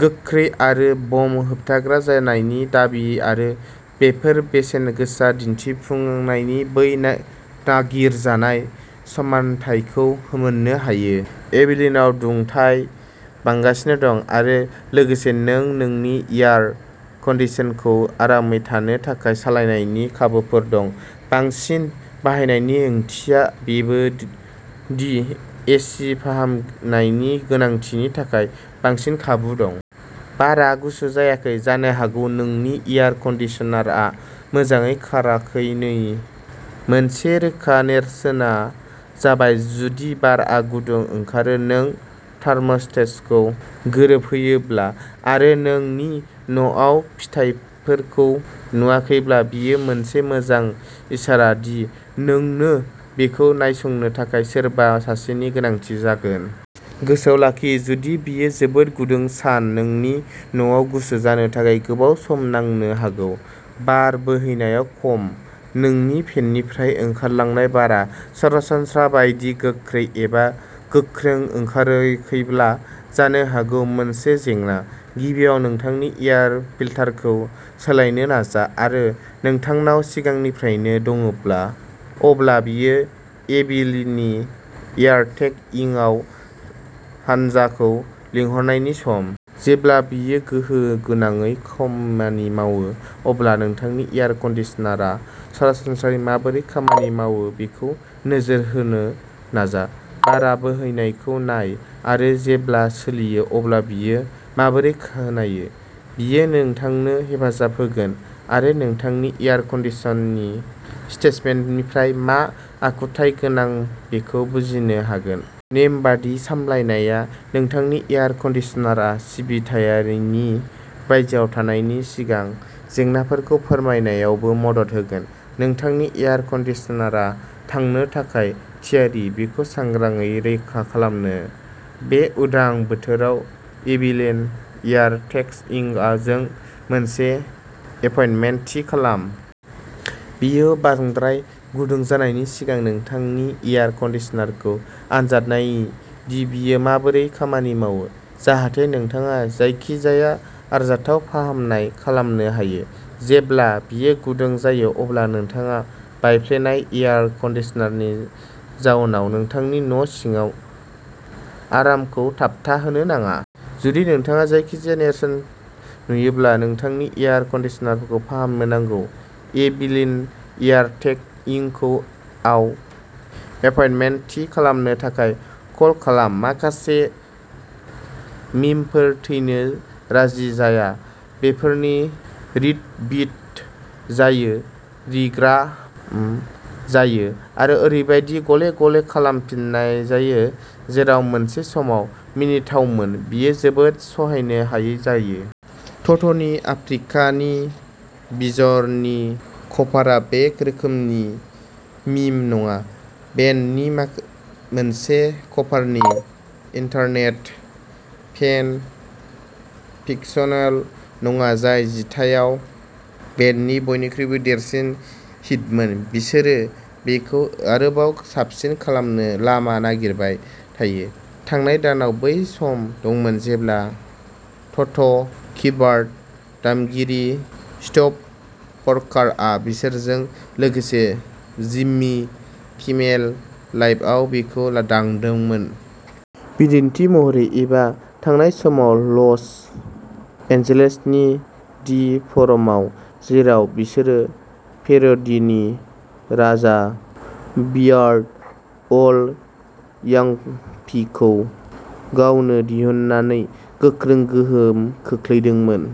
गोख्रै आरो बमा होबथाग्रा जानायनि दाबि आरो बेफोर बेसेनगोसा दिन्थिफुंनायनि बै ना टागिरजानाय समानथायखौ मोन्नो हायो। एबिलिनाव दुंथाइया बांगासिनो दं आरो लोगोसे नों नोंनि एयार कंडिशनारखौ आरामै थानो थाखाय सालायनायनि खाबुफोरबो दं। बांसिन बाहायनायनि ओंथिया बेबो दि ए सि फाहामनायनि गोनांथिनि थाखाय बांसिन खाबु दं। बारआ गुसु जायाखै जानो हागौ नोंनि एयार कन्डिशनारआ मोजाङै खाराखैनि मोनसे रोखा नेरसोनआ जाबाय जुदि बारआ गुदुं ओंखारो। नों थार्म'स्टेटखौ गोरोबहोबायब्ला आरो नोंनि न'आव फिथायफोरखौ नुवाखैब्ला बेयो मोनसे मोजां इसारा दि नोंनो बेखौ नायसंनो थाखाय सोरबा सासेनि गोनांथि जागोन। गोसोआव लाखि जुदि बेयो जोबोद गुदुं सान नोंनि न'खौ गुसु जानो थाखाय गोबाव सम नांनो हागौ। बार बोहैनायाव खमाय। नोंनि भेन्टनिफ्राय ओंखारलांनाय बारआ सरासनस्रा बायदि गोख्रै एबा गोख्रों ओंखाराखैब्ला जानो हागौ मोनसे जेंना। गिबियाव नोंथांनि एयार फिल्टारखौ सोलायनो नाजा आरो नोंथांनाव सिगांनिफ्रायनो दंबोला अब्ला बेयो एबिलीनि एयार टेक इंकआव हान्जाखौ लिंहरनायनि सम। जेब्ला बेयो गोहोम गोनाङै खामानि मावो अब्ला नोंथांनि एयार कंडिशनारआ सरासनस्रायै माबोरै खामानि मावो बेखौ नोजोर होनो नाजा। बार बोहैनायखौ नाय आरो जेब्ला सोलियो अब्ला बेयो माबोरै खोनायो। बेयो नोंथांनो हेफाजाब होगोन आरो नोंथांनि एयार कन्डिशनिं सिस्टेमनिफ्राय मा आखुथाय गोनां बेखौ बुजिनो हागोन। नेमबादि सामलायनाया नोंथांनि एयार कन्डिशनारआ सिबिथायनि बायजोआव थानायनि सिगां जेंनाफोरखौ फोरमायनायावबो मदद होगोन। नोंथांनि एयार कन्डिशनारआ थांनो थाखाय थियारि बेखौ सांग्रांयै रोखा खालामनो बे उदां बोथोराव एबिलीन एयार टेक इंकजों मोनसे एपइन्टमेन्ट थि खालाम। बेयो बांद्राय गुदुं जानायनि सिगां नोंथांनि एयार कन्डिशनारखौ आनजाद नाय दि बेयो माबोरै खामानि मावो जाहाथे नोंथाङा जायखिजाया आरजाथाव फाहामनाय खालामनो हायो। जेब्ला बेयो गुदुं जायो अब्ला नोंथाङा बायफ्लेनाय एयार कन्डिशनारनि जाउनाव नोंथांनि न' सिङाव आरामखौ थाबथाहोनो नाङा। जुदि नोंथाङा जायखिजाया नेरसोन नुयोब्ला नोंथांनि एयार कन्डिशनारखौ फाहामनो नांगौ एबिलीन एयार टेक इंकखौ आव एपइन्टमेन्ट थि खालामनो थाखाय कल खालाम। माखासे मीमफोरा थैनो राजि जाया। बेफोरो रिट्वीट जायो रिग्राम जायो आरो ओरैबायदि गले-गले खालामफिनजायो जेराव मोनसे समाव मिनिथावमोन बेयो जोबोद सहायनो हायै जायो। ट'ट'नि "आफ्रिका" नि वीजरनि कभारआ बे रोखोमनि मीम नङा। बेन्डनि मोनसे कभारनि इन्टारनेट फेन फिकशनल' नङा जाय जिथायाव बेन्डनि बयनिख्रुइ देरसिन हिटमोन बिसोरो बेखौ आरोबाव साबसिन खालामनो लामा नागिरबाय थायो। थांनाय दानाव बै सम दंमोन जेब्ला ट'ट'कीबोर्ड दामगिरि स्टीव प'रकार'आ बिसोरजों लोगोसे जिम्मी किमेल लाइभआव बेखौ दामदोंमोन। बिदिन्थि महरै एबा थांनाय समाव लस एन्जेल्सनि दि फ'रामाव जेराव बिसोरो पेर'डीनि राजा "वियार्ड अल" यांक'भिकखौ गावनो दिहुननानै गोख्रों गोहोम खोख्लैदोंमोन।